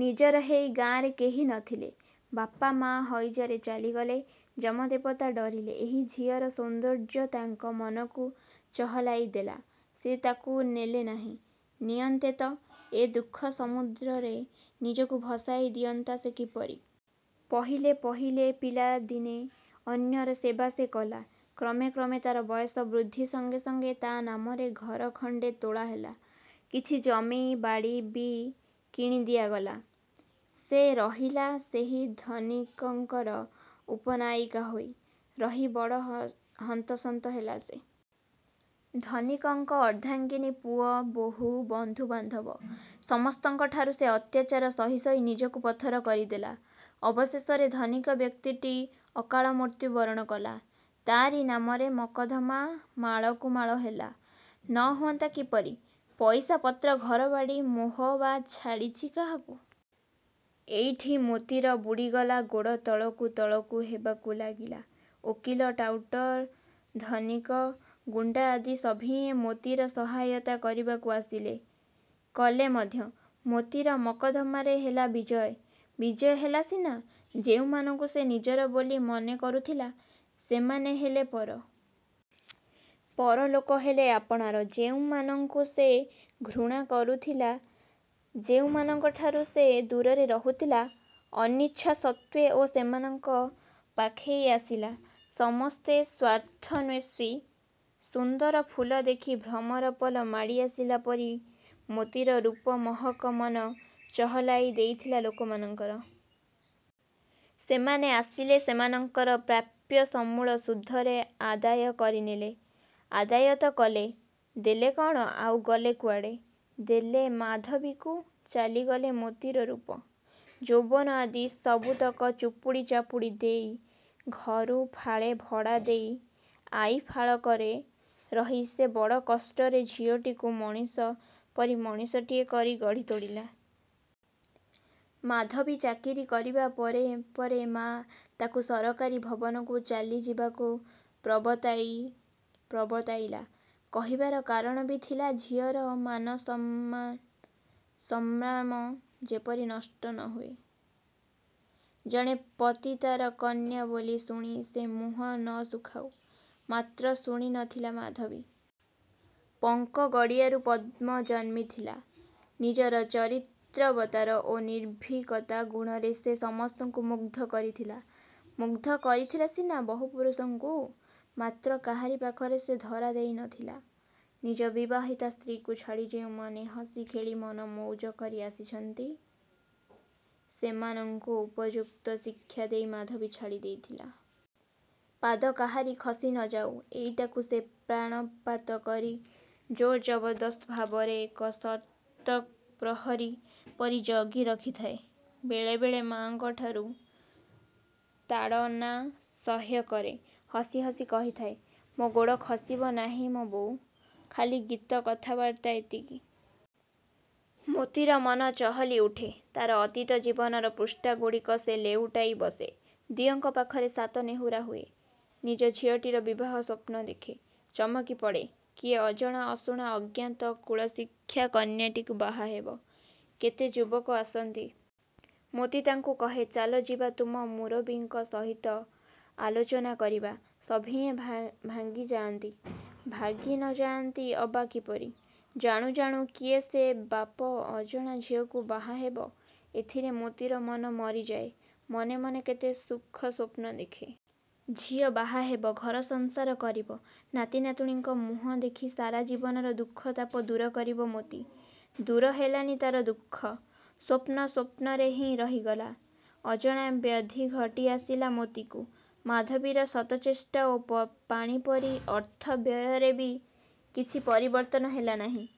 ନିଜର ହେଇ ଗାଁରେ କେହି ନ ଥିଲେ। ବାପ ମା ହଇଜାରେ ଚାଲିଗଲେ। ଯମ ଦେବତା ଡରିଲେ, ଏ ଝିଅଟିର ସୌନ୍ଦର୍ଯ୍ୟ ତାଙ୍କ ମନକୁ ଚହଲାଇ ଦେଲା, ସେ ତାକୁ ନେଲେ ନାହିଁ। ନିଅନ୍ତେ ତ, ଏ ଦୁଃଖ ସମୁଦ୍ରରେ ନିଜକୁ ଭସାଇ ଦିଅନ୍ତା ସେ କିପରି? ପହିଲେ ପହିଲେ ପିଲାଦିନେ ଅନ୍ୟର ସେବା ସେ କଲା। କ୍ରମେ କ୍ରମେ ତାର ବୟସ ବୃଦ୍ଧି ସଙ୍ଗେ ସଙ୍ଗେ ତା ନାମରେ ଘର ଖଣ୍ତେ ତୋଳା ହେଲା। କିଛି ଜମି ବାଡ଼ି ବି କିଣି ଦିଆଗଲା। ସେ ରହିଲା ସେହି ଧନିକଙ୍କର ଉପନାୟିକା ହୋଇ। ରହି ବଡ଼ ହନ୍ତସନ୍ତ ହେଲା ସେ। ଧନିକଙ୍କ ଅର୍ଦ୍ଧାଙ୍ଗିନୀ, ପୁଅ, ବୋହୁ, ବନ୍ଧୁ, ବାନ୍ଧବ-ସମସ୍ତଙ୍କଠାରୁ ସେ ଅତ୍ୟାଚାର ସହି ସହି ନିଜକୁ ପଥର କରିଦେଲା। ଅବଶେଷରେ ଧନିକ ବ୍ୟକ୍ତିଟି ଅକାଳମୃତ୍ୟୁ ବରଣ କଲା। ତାରି ନାମରେ ମକଦ୍ଦମା ମାଳକୁ ମାଳ ହେଲା। ନ ହୁଅନ୍ତା କିପରି? ପଇସା ପତ୍ର, ଘର, ବାଡ଼ି, ମୋହ ବା ଛାଡ଼ିଛି କାହାକୁ? ଏଇଠି ମୋତିର ବୁଡ଼ିଗଲା ଗୋଡ଼ ତଳକୁ ତଳକୁ ହେବାକୁ ଲାଗିଲା। ଓକିଲ, ଟାଉଟର, ଧନିକ, ଗୁଣ୍ତା ଆଦି ସଭିଏ ମୋତିର ସହାୟତା କରିବାକୁ ଆସିଲେ। କଲେ ମଧ୍ୟ। ମୋତିର ମକଦ୍ଦମାରେ ହେଲା ବିଜୟ। ବିଜୟ ହେଲା ସିନା, ଯେଉଁମାନଙ୍କୁ ସେ ନିଜର ବୋଲି ମନେ କରୁଥିଲା, ସେମାନେ ହେଲେ ପର। ପର ଲୋକ ହେଲେ ଆପଣାର। ଯେଉଁମାନଙ୍କୁ ସେ ଘୃଣା କରୁଥିଲା, ଯେଉଁମାନଙ୍କଠାରୁ ସେ ଦୂରରେ ରହୁଥିଲା, ଅନିଚ୍ଛାସତ୍ତ୍ୱେ ଓ ସେମାନେ ପାଖେଇ ଆସିଲେ। ସମସ୍ତେ ସ୍ୱାର୍ଥନ୍ୱେଷୀ। ସୁନ୍ଦର ଫୁଲ ଦେଖି ଭ୍ରମରପଲ ମାଡ଼ି ଆସିଲା ପରି ମୋତିର ରୂପ ମହକ ମନ ଚହଲାଇ ଦେଇଥିଲା ଲୋକମାନଙ୍କର। ସେମାନେ ଆସିଲେ। ସେମାନଙ୍କର ପ୍ରାପ୍ୟ ସମୂଳ ସୁଧରେ ଆଦାୟ କରିନେଲେ। ଆଦାୟ ତ କଲେ, ଦେଲେ କଅଣ? ଆଉ ଗଲେ କୁଆଡ଼େ? ଦେଲେ ମାଧବୀକୁ, ଚାଲିଗଲେ ମୋତିର ରୂପ, ଯୌବନ ଆଦି ସବୁତକ ଚୁପୁଡ଼ି ଚାପୁଡ଼ି ଦେଇ, ଘରୁ ଫାଳେ ଭଡ଼ା ଦେଇ ଆଇ ଫାଳକରେ ରହି ସେ ବଡ଼ କଷ୍ଟରେ ଝିଅଟିକୁ ମଣିଷ ପରି ମଣିଷଟିଏ କରି ଗଢ଼ି ତୋଳିଲା। ମାଧବୀ ଚାକିରୀ କରିବା ପରେ ପରେ ମା ତାକୁ, ସରକାରୀ ଭବନକୁ ଚାଲି ଯିବାକୁ ପ୍ରବର୍ତ୍ତାଇଲା। କହିବାର କାରଣ ବି ଥିଲା। ଝିଅର ମାନ ସମ୍ଭ୍ରମ ଯେପରି ନଷ୍ଟ ନ ହୁଏ। ଜଣେ ପତିତାର କନ୍ୟା ବୋଲି ଶୁଣି ସେ ମୁହଁ ନ ଶୁଖାଉ। ମାତ୍ର ଶୁଣି ନ ଥିଲା ମାଧବୀ। ପଙ୍କ ଗାଡ଼ିଆରୁ ପଦ୍ମ ଜନ୍ମିଥିଲା। ନିଜର ଚରିତ୍ରବର୍ତ୍ତା ଓ ନିର୍ଭୀକତା ଗୁଣରେ ସେ ସମସ୍ତଙ୍କୁ ମୁଗ୍ଧ କରିଥିଲା। ମୁଗ୍ଧ କରିଥିଲା ସିନା ବହୁ ପୁରୁଷଙ୍କୁ; ମାତ୍ର କାହାରି ପାଖରେ ସେ ଧରା ଦେଇ ନ ଥିଲେ। ନିଜ ବିବାହିତା ସ୍ତ୍ରୀଙ୍କୁ ଛାଡ଼ି ଯେଉଁମାନେ ହସି ଖେଳି ମନ ମଉଜ କରିଆସନ୍ତି, ସେମାନଙ୍କୁ ଉପଯୁକ୍ତ ଶିକ୍ଷା ଦେଇ ମାଧବୀ ଛାଡ଼ି ଦେଇଥାଏ। ପାଦ କାହାରି ଖସି ନ ଯାଉ-ଏଇଟାକୁ ସେ ପ୍ରାଣପାତ କରି ଜୋର ଜବରଦସ୍ତ ଭାବରେ ଏକ ସତର୍କ ପ୍ରହରୀ ପରି ଜଗି ରଖିଥାଏ। ବେଳେ ବେଳେ ମାଙ୍କଠାରୁ ତାଡ଼ନା ସହ୍ୟ କରେ। ହସି ହସି କହିଥାଏ-ମୋ ଗୋଡ଼ ଖସିବ ନାହିଁ ମ ବୋଉ। ଖାଲି ଗୀତ, କଥାବାର୍ତ୍ତା ଏତିକି। ମୋତିର ମନ ଚହଲିଉଠେ। ତାର ଅତୀତ ଜୀବନର ପୃଷ୍ଠା ଗୁଡ଼ିକ ସେ ଲେଉଟାଇ ବସେ। ଦିଅଁଙ୍କ ପାଖେ ସାତ ନେହୁରା ହୁଏ। ନିଜ ଝିଅଟିର ବିବାହ ସ୍ୱପ୍ନ ଦେଖେ। ଚମକି ପଡ଼େ, କିଏ ଅଜଣା ଅଶୁଣା ଅଜ୍ଞାତ କୁଳଶୀଳା କନ୍ୟାଟିକୁ ବାହା ହବ। କେତେ ଯୁବକ ଆସନ୍ତି। ମୋତି ତାଙ୍କୁ କହେ-ଚାଲ ଯିବା ତୁମ ମୁରବୀଙ୍କ ସହିତ ଆଲୋଚନା କରିବା। ସଭିଏ ଭାଗି ଯାଆନ୍ତି। ଭାଗି ନ ଯାଆନ୍ତି ଅବା କିପରି? ଜାଣୁ ଜାଣୁ କିଏ ସେ ବାପ ଅଜଣା ଝିଅକୁ ବାହାହେବେ! ଏଥିରେ ମୋତିର ମନ ମରିଯାଏ। ମନେ ମନେ କେତେ ସୁଖ ସ୍ୱପ୍ନ ଦେଖେ। ଝିଅ ବାହା ହେବ। ଘର ସଂସାର କରିବ। ନାତି ନାତୁଣୀଙ୍କ ମୁହଁ ଦେଖି ସାରା ଜୀବନର ଦୁଃଖ-ତାପ ଦୂର କରିବ ମୋତି।। ଦୂର ହେଲାନି ତାର ଦୁଃଖ। ସ୍ୱପ୍ନ ସ୍ୱପ୍ନରେ ହିଁ ରହିଗଲା। ଅଜଣା ବ୍ୟାଧି ଘଟି ଆସିଲା ମୋତିକୁ। ମାଧବୀର ଶତଚେଷ୍ଟା ଓ ପାଣିପରି ଅର୍ଥ ବ୍ୟୟରେ ବି କିଛି ପରିବର୍ତ୍ତନ ହେଲା ନାହିଁ।